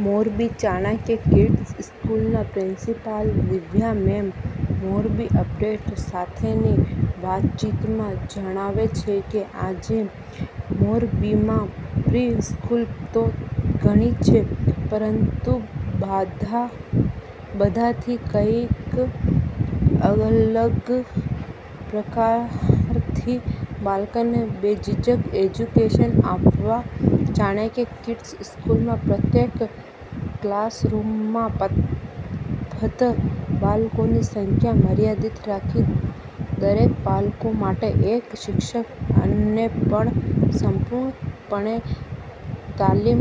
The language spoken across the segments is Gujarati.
મોરબી ચાણક્ય કિડસ સ્કૂલના principal Divya ma'am Morbi Update સાથેની વાતચીતમાં જણાવે છે કે આજે મોરબીમાં પ્રિ સ્કૂલ તો ઘણી છે પરંતુબધાથી કઈક અલગપ્રકારથી બાળકને બેઝિક એજ્યુકેશન આપવા ચાણક્ય કિડ્સ સ્કૂલમાં પ્રત્યેક કલાસરૂમમાં ફક્ત બાળકોની સંખ્યા મર્યાદિત રાખી દરેક બાળકો માટે એક શિક્ષક અનેપણ સંપૂર્ણ પણે તાલીમ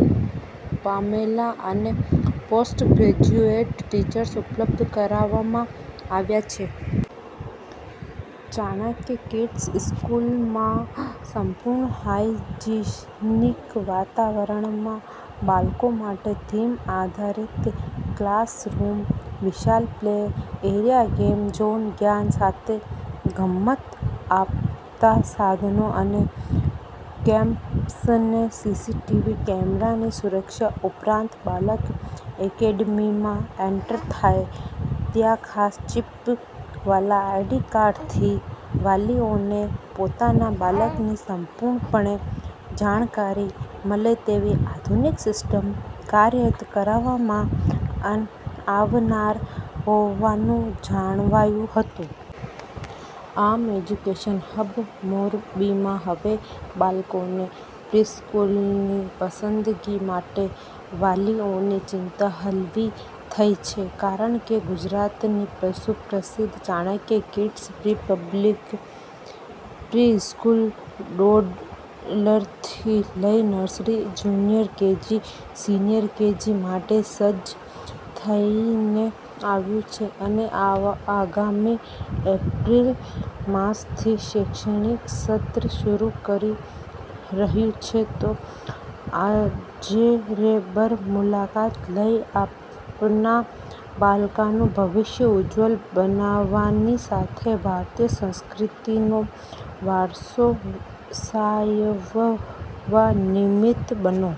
પામેલા અને પોસ્ટ ગ્રેજ્યુએટ ટીચર્સ ઉપલબ્ધ કરાવવામાં આવ્યા છે. ચાણક્ય કિડ્સ સ્કૂલમાં સંપૂર્ણ હાઈજીનીક વાતાવરણમાં બાળકો માટે થીમ આધારિત કલાસરૂમ, વિશાળ પ્લે એરિયા, ગેમ ઝોન, જ્ઞાન સાથે ગમ્મત આપતા સાધનો અને કેમ્પસને સીસીટીવી કેમેરાની સુરક્ષા ઉપરાંત બાળક એકેડમીમાં એન્ટર થાય ત્યાંખાસ ચિપ વાળા આઈકાર્ડ થકી વાલીઓને પોતાના બાળકની સંપૂર્ણપણે જાણકારી મળે તેવી આધુનિક સિસ્ટમ કાર્યરત કરવામાં આવનાર હોવાનું જણાવ્યું હતું. આમ, એજ્યુકેશન હબ મોરબીમાં હવે બાળકોને પ્રિસ્કૂલની પસંદગી માટે વાલીઓની ચિંતા હળવી થઈ છે કારણ કે ગુજરાતની સુપ્રસિદ્ધ ચાણક્ય કીડસ્ પ્રિ સ્કૂલ ટોડલરથી લઈ nursery, junior KG, senior KG માટે સજ્જ થઈને આવ્યું છે અને આગામી એપ્રિલ માસથી શૈક્ષણિક સત્ર શરૂ કરી રહ્યું છે તો આજેરૂબરૂ મુલાકાત લઈ આપના બાળકનું ભવિષ્ય ઉજ્જવળ બનાવવાની સાથે ભારતીય સંસ્કૃતિનો વારસો સાચવવા નિમિત્ત બનો.